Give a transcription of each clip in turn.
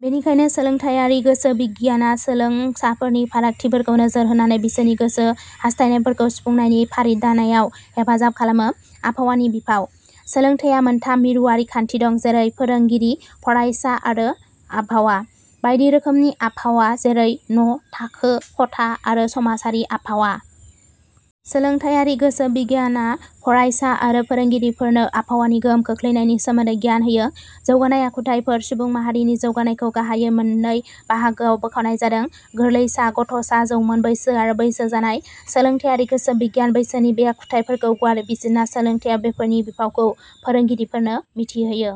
बेनिखायनो सोलोंथाइयारि गोसो बिगियाना सोलों साफोरनि फारागथिफोरखौ नोजोर होनानै बिसोरनि गोसो हासथायनायफोरखौ सुफुंनायनि फारि दानायाव हेफाजाब खालामो। आबहावानि बिफाव: सोलोंथाइया मोनथाम मिरुयारि खान्थि दं। जैरै- फोरोंगिरि, फरायसा आरो आबहावा। बायदि रोखोमनि आबहावा जैरै- न', थाखो खथा आरो समाजारि आबहावा। सोलोंथाइयारि गोसो बिगियाना फरायसा आरो फोरोंगिरिफोरनो आबहावानि गोहोम खोख्लैनायनि सोमोन्दै गियान होयो। जौगानाय आखुथाइफोर: सुबुं माहारिनि जौगानायखौ गाहाइयै मोनत्रै बाहागोआव बोखावनाय जादों- गोरलैसा, गथ'सा, जौमोन बैसो आरो बैसो जानाय। सोलोंथाइयारि गोसो बिगियाना बैसोनि बे आखुथाइफोरखौ गुवारै बिजिरना सोलोंथाइयाव बेफोरनि बिफावखौ फोरोंगिरिफोरनो मिथि होयो।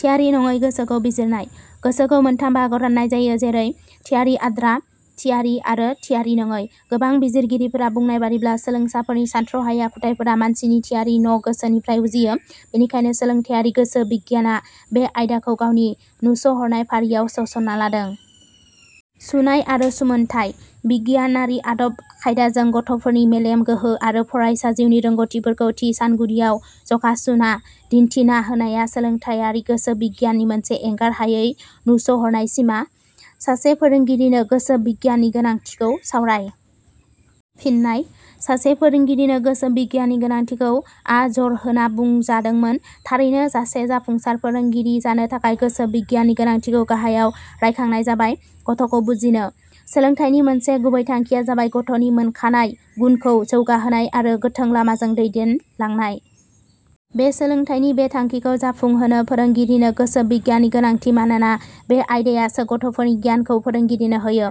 थियारि नङै गोसोखौ बिजिरनाय: गोसोखौ मोनथाम बाहागोआव रान्नाय जादों। जेरै थियारि, आद्रा थियारि आरो थियारि नडै। गोबां बिजिरगिरिफोरा बुंनाय बादिब्ला सोलोंसाफोरनि सानथ्रहायै आखुथाइफोरा मानसिनि थियारि न गोसोनिफ्राय उजियो। बेनिखायनो सोलोंथाइयारि गोसो बिगियाना बे आयदाखौ गावनि नुस'हरनाय फारियाव सोसना लादों। सुनाय आरो सुमोनथाइ: बिगियानारि आदब खायदाजों गथ 'फोरनि मेलेम गोहो आरो फरायसा जिउनि रोंगौथिफोरखौ थि सानगुदियाव जखा सुना दिन्थिना होनाया सोलोंथाइयारि गोसो बिगियाननि मोनसे एंगार हायै नुस 'हरनाय सिमा। सासे फोरोंगिरिनो गोसो बिगियाननि गोनांथिखौ सावराय। फिननाय: सासे फोरोंगिरिनो गोसो बिगियाननि गोनांथिखौ आ जरहोना बुंजादोंमोन। थारैनो सासे जाफुंसार फोरोंगिरि जानो थाखाय गोसो बिगियाननि गोनांथिखौ गाहायाव रायखांनाय जाबाय। गथ 'खौ बुजिनो: सोलोंथाइनि मोनसे गुबै थाखिया जाबाय गथ'नि मोनखानाय गुनखौ जौगाहोनाय आरो गोथों लामाजों दैदेनलांनाय। बे सोलोंथाइनि बे थांखिखौ जाफुंहोनो फोरोंगिरिनो गोसो बिगियाननि गोनांथि। मानोना बे आयदायासो गथ'फोरनि गियानखौ फोरोंगिरिनो होयो।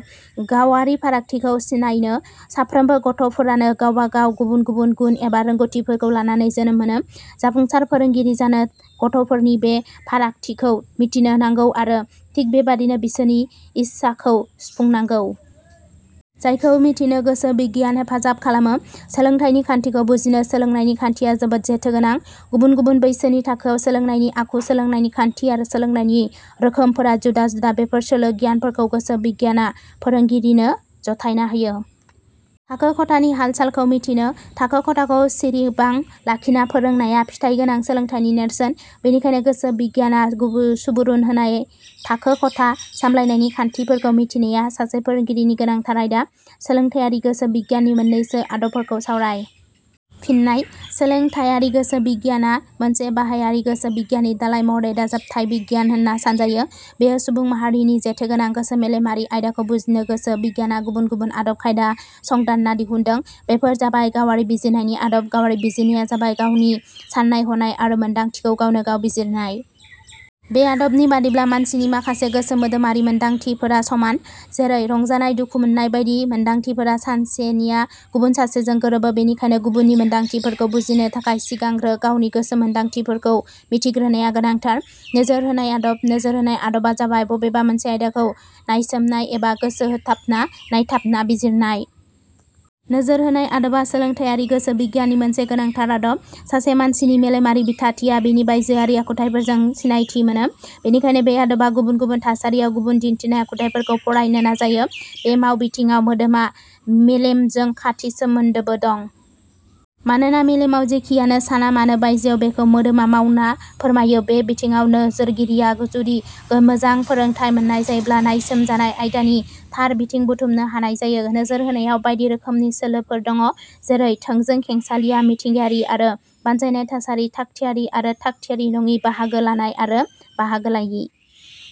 गावारि फारागथिखौ सिनायनो: साफ्रोमबो गथ'फोरानो गावबा गाव गुबुन गुबुन गुन एबा रोंगौथिफोरखौ लानानै जोनोम मोनो। जाफुंसार फोरोंगिरि जानो गथ'फोरनि बे फारागथिखौ मिथिनो नांगौ आरो थिग बेबादिनो बिसोरनि इससाखौ सुफुंनांगौ। जायखौ मिथिनो गोसो बिगियाना हेफाजाब खालामो। सोलोंथाइनि खान्थिखौ बुजिनो: सोलोंनायनि खान्थिया जोबोद जेथो गोनां। गबुन गुबुन बैसोनि थाखोआव सोलोंनायनि आखु, सोलोंनायनि खान्थि आरो सोलोंनायनि रोखोमफोरा जुदा-जुदा। बेफोर सोलो गियानफोरखौ गोसो बिगियाना फोरोंगिरिनो जथायना होयो। थाखो खथानि हाल-सालखौ मिथिनो: थाखो खथाखौ सिरिबाङ लाखिना फोरोंनाया फिथाइगोनां सोलोंथाइनि नेरसोन। बेनिखायनो गोसो बिगियाना सुबुरुन होनाय थाखो खथा सामब्लायनायनि खान्थिफोरखौ मिथिनाया सासे फोरोंगिरिनि गोनांथार आयदा। सोलोंथाइयारि गोसो बिगियाननि मोननैसो आदबफोरखौ सावराय। फिननाय: सोलोंथायारि गोसो बिगियाना मोनसे बाहायारि गोसो बिगियाननि दालाइ महरै दाजाबथाइ बिगियान होनना सानजायो। बेयो सुबुंमाहारिनि जेथोगोनां गोसो-मेलेमारि आयदाखौ बुजिनो गोसो बिगियाना गुबुन गुबुन आदब खायदा संदान्ना दिहुनदों। बेफोर जाबाय-. गावारि बिजिरनायनि आदब: गावारि बिजिरनाया जाबाय-गावनि सान्नाय-हनाय आरो मोनदांथिखौ गावनो गाव बिजिरनाय। बे आदबनि बादिब्ला मानसिनि माखासे गोसो-मोदोमारि मोनदांथिफोरा समान। जेरै- रंजानाय, दुखुमोन्नाय बायदि मोनदांथिफोरा सानसेनिया गुबुन सासेजों गोरोबो बेनिखायनो गुबुननि मोनदांथिफोरखौ बुजिनो थाखाय सिगांग्रो गावनि गोसो-मोनदांथिफोरखौ मिथिग्रोनाया गोनांथार।.नोजोर होनाय आदब: नोजोर होनाय आदबा जाबाय बबेबा मोनसे आयदाखौ नायसोमनाय एबा गोसो होथाबना नायथाबना बिजिरनाय। नोजोर होनाय आदबा सोलोंथाइयारि गोसो बिगियाननि मोनसे गोनांथार आदब। सासे मानसिनि मेलेमारि बिथाथिया बिनि बायजोआरि आखुथाइफोरजो सिनायथि मोनो। बेनिखायनो बे आदबा गुबुन गुबुन थासारियाव गुबुना दिन्थिनाय आखुथाइफोरखौ फरायनो नाजायो। बे मावबिथिङाव मोदोमा मेलेमजों खाथि सोमोन्दोबो दं। मानोना मेलेमाव जेखियानो सानामानो बायजोआव बेखौ मोदोमा मावना फोरमायो। बे बिथिङाव नोजोरगिरिया जुदि मोजां फोरोंथाइ मोन्नाय जायोब्ला नायसोमजानाय जायदानि थार बिथिं बुथुमनो हानाय जायो। नोजोर होनायाव बायदि रोखोमनि सोलोफोर दङ'। जेरै- थोंजों, खेंसालिया, मिथिंगायारि आरो बानायजानाय थासारि, थाग- थियारि आरो थाग-थियारि नङि, बाहागो लानाय आरो बाहागो लायि।